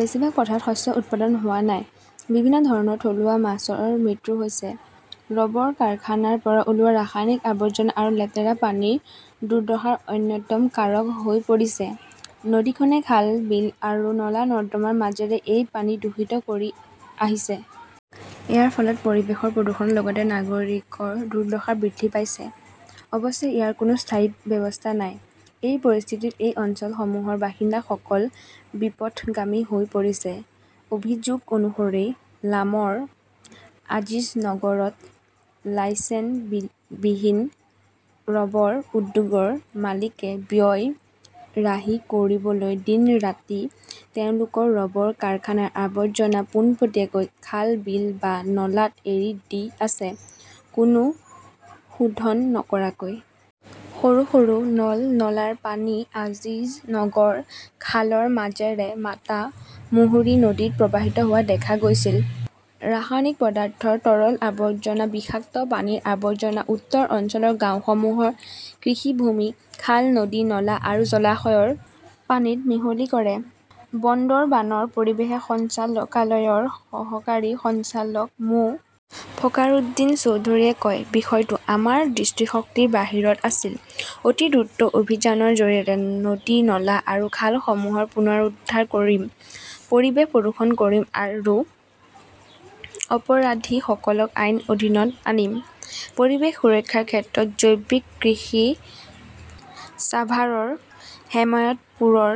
বেছিভাগ পথাৰত শস্য উৎপাদন হোৱা নাই। বিভিন্ন ধৰণৰ থলুৱা মাছৰ মৃত্যু হৈছে। ৰবৰ কাৰখানাৰ পৰা ওলোৱা ৰাসায়নিক আৱৰ্জনা আৰু লেতেৰা পানী দুৰ্দশাৰ অন্যতম কাৰক হৈ পৰিছে। নদীখনে খাল, বিল আৰু নলা-নৰ্দমাৰ মাজেৰে এই পানী দূষিত কৰি আহিছে। ইয়াৰ ফলত পৰিৱেশৰ প্ৰদূষণৰ লগতে নাগৰিকৰ দুৰ্দশা বৃদ্ধি পাইছে। অৱশ্যে, ইয়াৰ কোনো স্থায়ী ব্যৱস্থা নাই। এই পৰিস্থিতিত এই অঞ্চলসমূহৰ বাসিন্দাসকল বিপথগামী হৈ পৰিছে। অভিযোগ অনুসৰি লামৰ আজিজনগৰত লাইচেনবিহীন ৰবৰ উদ্যোগৰ মালিকে ব্যয় ৰাহি কৰিবলৈ দিন-ৰাতি তেওঁলোকৰ ৰবৰ কাৰখানাৰ আৱৰ্জনা পোনপটীয়াকৈ খাল-বিল বা নালাত এৰি দি আছে, কোনো শোধন নকৰাকৈ। সৰু সৰু নল-নলাৰ পানী আজিজনগৰ খালৰ মাজেৰে মাতামুহুৰী নদীত প্ৰৱাহিত হোৱা দেখা গৈছিল। ৰাসায়নিক পদাৰ্থৰ তৰল আৱৰ্জনা বিষাক্ত পানীৰ আৱৰ্জনা উত্তৰ অঞ্চলৰ গাঁওসমূহৰ কৃষিভূমি, খাল, নদীৰ নলা আৰু জলাশয়ৰ পানীত মিহলি কৰে। বন্দৰবানৰ পৰিৱেশ সঞ্চালকালয়ৰ সহকাৰী সঞ্চালক মো. ফখাৰউদ্দিন চৌধুৰীয়ে কয়, বিষয়টো আমাৰ দৃষ্টিশক্তিৰ বাহিৰত আছিল । অতি দ্ৰুত অভিযানৰ জৰিয়তে নদী-নলা আৰু খালসমূহ পুনৰুদ্ধাৰ কৰিম, পৰিৱেশ প্ৰদূষিত কৰিম আৰু অপৰাধীসকলক আইনৰ অধীনত আনিম। পৰিৱেশ সুৰক্ষাৰ ক্ষেত্ৰত জৈৱিক কৃষি ছাভাৰৰ হেমায়তপুৰৰ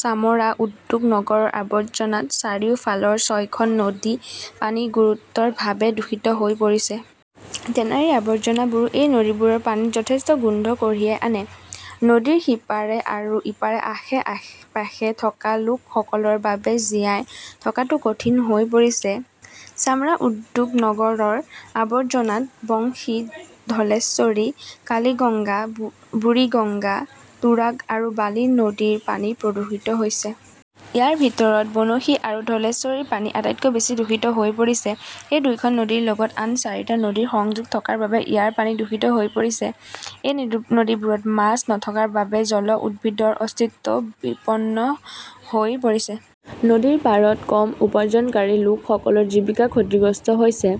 চামৰা উদ্যোগ নগৰৰ আৱৰ্জনাত চাৰিওফালৰ ছয়খন নদীৰ পানী গুৰুতৰভাৱে দূষিত হৈ পৰিছে। টেনাৰীৰ আৱৰ্জনাবোৰে এই নদীবোৰৰ পানীত যথেষ্ট গোন্ধ কঢ়িয়াই আনে। নদীৰ সিপাৰে আৰু ইয়াৰ আশে-পাশে থকা লোকসকলৰ বাবে জীয়াই থকাটো কঠিন হৈ পৰিছে। চামৰা উদ্যোগ নগৰৰ আৱৰ্জনাত বংশী, ধলেশ্বৰী, কালিগঙ্গা, বুৰিগঙ্গা, তুৰাগ আৰু বালি নদীৰ পানী প্ৰদূষিত হৈছে। ইয়াৰ ভিতৰত বনশী আৰু ধলেশ্বৰীৰ পানী আটাইতকৈ বেছি দূষিত হৈ পৰিছে। এই দুখন নদীৰ লগত আন চাৰিটা নদীৰ সংযোগ থকাৰ বাবে ইয়াৰ পানী দূষিত হৈ পৰিছে। এই নদীবোৰত মাছ নথকাৰ বাবে জলজ উদ্ভিদৰ অস্তিত্বও বিপন্ন হৈ পৰিছে। নদীৰ পাৰত কম উপাৰ্জনকাৰী লোকসকলৰ জীৱিকা ক্ষতিগ্ৰস্ত হৈছে।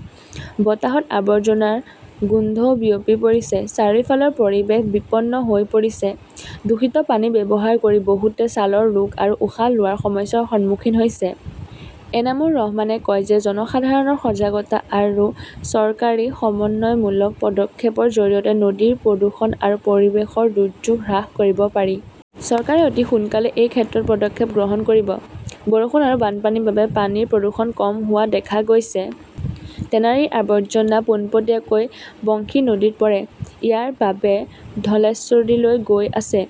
বতাহত আৱৰ্জনাৰ গোন্ধও বিয়পি পৰিছে। চাৰিওফালৰ পৰিৱেশ বিপন্ন হৈ পৰিছে। দূষিত পানী ব্যৱহাৰ কৰি বহুতে ছালৰ ৰোগ আৰু উশাহ লোৱাৰ সমস্যাৰ সন্মুখীন হৈছে। এনামুৰ ৰহমানে কয় যে জনসাধাৰণৰ সজাগতা আৰু চৰকাৰী সমন্বয়মূলক পদক্ষেপৰ জৰিয়তেহে নদীৰ প্ৰদূষণ আৰু পৰিৱেশৰ দুৰ্যোগ হ্ৰাস কৰিব পাৰি। চৰকাৰে অতি সোনকালেই এই ক্ষেত্ৰত পদক্ষেপ গ্ৰহণ কৰিব। বৰষুণ আৰু বানপানীৰ বাবে পানীৰ প্ৰদূষণ কম হোৱা দেখা গৈছে। টেনাৰীৰ আৱৰ্জনা পোনপটীয়াকৈ বংশী নদীত পৰে। ইয়াৰ পৰা ধলেশ্বৰীলৈ গৈ আছে।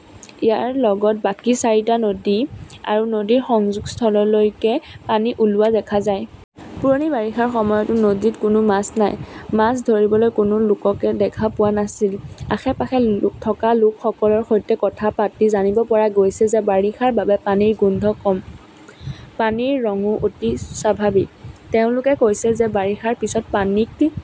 ইয়াৰ লগত বাকী চাৰিটা নদী আৰু নদীৰ সংযোগস্থললৈকে পানী ওলোৱা দেখা যায়। পুৰণি বাৰিষাৰ সময়তও নদীত কোনো মাছ নাই। মাছ ধৰিবলৈ কোনো লোককে দেখা পোৱা নাছিল। আশে-পাশে থকা লোকসকলৰ সৈতে কথা পাতি জানিব পৰা গৈছে যে বাৰিষাৰ বাবে পানীৰ গোন্ধ কম। পানীৰ ৰংও অতি স্বাভাৱিক। তেওঁলোকে কৈছিল যে বাৰিষাৰ পিছতে পানী ক